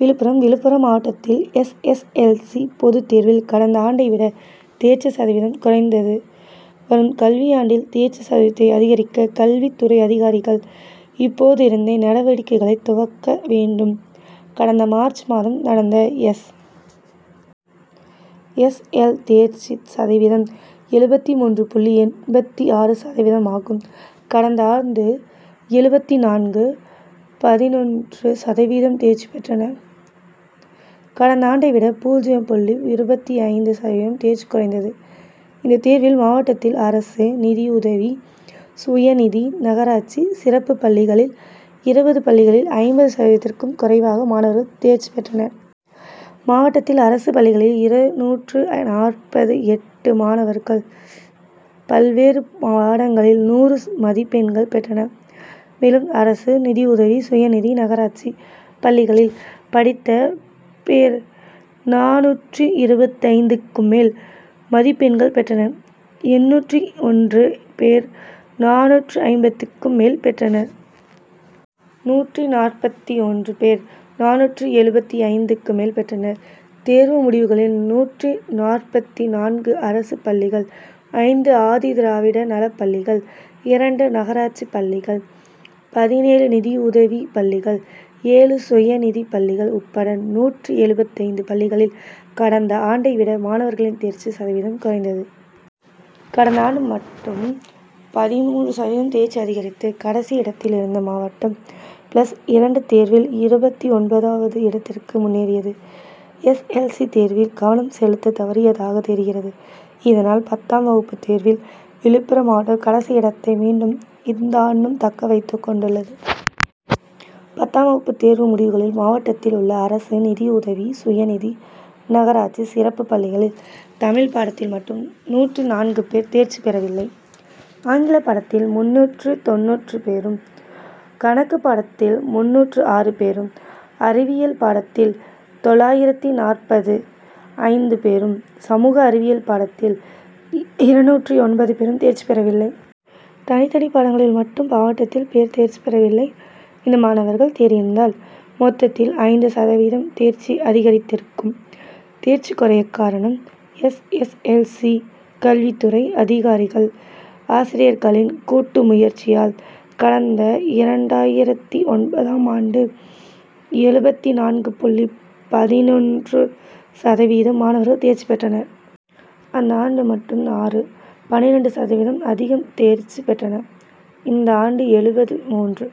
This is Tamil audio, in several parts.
விழுப்புரம் விழுப்புரம் மாவட்டத்தில் எஸ். எஸ். எல். சி., பொதுத் தேர் வில் கடந்த ஆண்டை விட தேர்ச்சி சதவீதம் குறைந்தது. வரும் கல்வியாண்டில் தேர்ச்சி சதவீதத்தை அதிகரிக்க கல்வித் துறை அதிகாரிகள் இப்போதிருந்தே நடவடிக்கைகளை துவக்க வேண்டும். கடந்த மார்ச் மாதம் நடந்த எஸ். எஸ். எல். தேர்ச்சி சதவீதம் எழுபத்து மூன்று புள்ளி எண்பத்து ஆறு சதவீதம் ஆகும். கடந்த ஆண்டு எழுபத்து நான்கு.பதினொன்று சதவீதம் தேர்ச்சி பெற்றனர். கடந்த ஆண்டை விட பூஜ்ஜியம் புள்ளி இருபத்து ஐந்து சதவீதம் தேர்ச்சி குறைந்தது. இந்த தேர்வில் மாவட்டத்தில் அரசு, நிதியுதவி, சுயநிதி, நகராட்சி, சிறப்பு பள்ளிகளில் இருபது பள்ளிகளில் ஐம்பது சதவீதத்திற்கும் குறைவாக மாணவர்கள் தேர்ச்சி பெற்றனர். மாவட்டத்தில் அரசு பள்ளிகளில் இருநூற்று நாற்பத்து எட்டு மாணவர்கள் பல்வேறு பாடங்களில் நூறு மதிப்பெண்கள் பெற்றனர். மேலும் அரசு, நிதியுதவி, சுயநிதி, நகராட்சி பள்ளிகளில் படித்த பேர் நானூற்று இருபத்தைந்து க்கு மேல் மதிப்பெண்கள் பெற்றனர். எண்ணூற்று ஒன்று பேர் நானூற்று ஐம்பதுக்கு மேல் பெற்றனர். நூற்று நாற்பத்து ஒன்று பேர் நானூற்று எழுபத்து ஐந்து க்கு மேல் பெற்றனர். தேர்வு முடிவுகளில் நூற்று நாற்பத்து நான்கு அரசு பள்ளிகள், ஐந்து ஆதி திராவிடர் நல பள்ளிகள், இரண்டு நகராட்சி பள்ளிகள், பதினேழு நிதியுதவி பள்ளிகள், ஏழு சுய நிதி பள்ளிகள் உட்பட நூற்று எழுபத்தைந்து பள்ளிகளில் கடந்த ஆண்டை விட மாணவர்களின் தேர்ச்சி சதவீதம் குறைந்தது. கடந்த ஆண்டு மட்டும் பதின்மூன்று சதவீதம் தேர்ச்சி அதிகரித்தது. கடைசி இடத்தில் இருந்த மாவட்டம் பிளஸ் இரண்டு தேர் வில் இருபத்து ஒன்பது வது இடத்திற்கு முன்னேறியது. எஸ். எல். சி., தேர் வில் கவனம் செலுத்த தவறியதாக தெரிகிறது. இதனால் பத்தாம் வகுப்பு தேர்வில் விழுப்புரம் மாவட்டம் கடைசி இடத்தை மீண்டும் இந்தாண்டும்தக்க வைத்துக் கொண்டுள்ளது. பத்தாம் வகுப்பு தேர்வு முடிவுகளில் மாவட்டத்தில் உள்ள அரசு, நிதியுதவி, சுயநிதி, நகராட்சி, சிறப்பு பள்ளிகளில் தமிழ் பாடத்தில் மட்டும் நூற்று நான்கு பேர் தேர்ச்சி பெறவில்லை. ஆங்கில பாடத்தில் முந்நூற்று தொண்ணூறு பேரும், கணக்கு பாடத் தில் முன்னூற்று ஆறு பேர், அறிவியல் பாடத்தில் தொள்ளாயிரத்து நாற்பத்து ஐந்து பேரும், சமூக அறிவியல் பாடத் தில் இருநூற்று ஒன்பது பேர் தேர்ச்சி பெறவில்லை. தனித்தனி பாடங்களில் மட்டும் மாவட்டத்தில் பேர் தேர்ச்சி பெறவில்லை. இந்த மாணவர்கள் தேறியிருந்தால் மொத்தத்தில் ஐந்து சதவீதம் தேர்ச்சி அதிகரித்திருக்கும். தேர்ச்சி குறைய காரணம் எஸ். எஸ். எல். சி. கல்வித் துறை அதிகாரிகள், ஆசிரியர்களின் கூட்டு முயற்சியால் கடந்த இரண்டாயிரத்து ஒன்பது ம் ஆண்டு எழுபத்து நான்கு புள்ளி பதினொன்று சதவீதம் மாணவர்கள் தேர்ச்சி பெற்றனர். அந்த ஆண்டு மட்டும் ஆறு.பன்னிரண்டு சதவீதம் அதிகம் தேர்ச்சி பெற்றனர். இந்த ஆண்டு எழுபத்து மூன்று.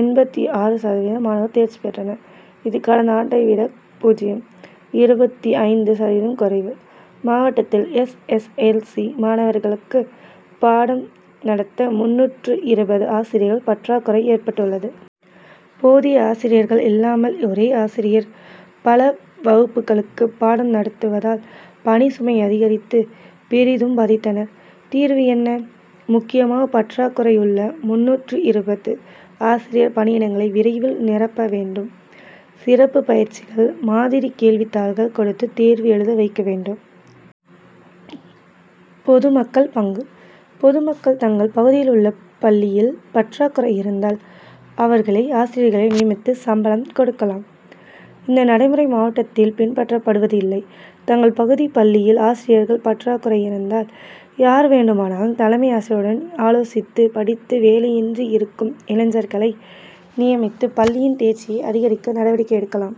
எண்பத்து ஆறு சதவீத மாணவர்கள் தேர்ச்சி பெற்றனர். இது கடந்த ஆண்டை விட பூஜ்ஜியம். இருபத்து ஐந்து சதவீதம் குறைவு. மாவட்டத்தில் எஸ். எஸ். எல். சி., மாணவர்களுக்கு பாடம் நடத்த முன்னூற்று இருபது ஆசிரியர்கள் பற்றாக் குறை ஏற்பட்டுள்ளது. போதிய ஆசிரியர்கள் இல்லாமல் ஒரே ஆசிரியர் பல வகுப்புகளுக்கு பாடம் நடத்துவ தால் பணிசுமை அதிகரித்து பெரிதும் பாதித்தனர். தீர்வு என்ன? முக்கியமாக பற்றாக் குறைஉள்ள முன்னூற்று இருபது ஆசிரியர் பணியிடங்களை விரைவில் நிரப்ப வேண்டும். சிறப்பு பயிற்சிகள், மாதிரி கேள்வித் தாள்கள் கொடுத்து தேர்வு எழுத வைக்க வேண்டும். பொதுமக்கள் பங்கு பொதுமக்கள் தங்கள் பகுதியில் உள்ள பள்ளியில் பற்றாக் குறை இருந்தால் அவர்களே ஆசிரியர்களை நியமித்து சம்பளம் கொடுக்கலாம். இந்த நடைமுறை மாவட்டத்தில் பின்பற்றப் படுவதில்லை. தங்கள் பகுதி பள்ளியில் ஆசிரியர்கள் பற்றாக்குறை இருந்தால் யார் வேண்டுமானாலும் தலைமை ஆசிரியருடன் ஆலோசித்து படித்து வேலையின்றி இருக்கும் இளைஞர்களை நியமித்து பள்ளியின் தேர்ச்சியை அதிகரிக்க நடவடிக்கை எடுக்கலாம்.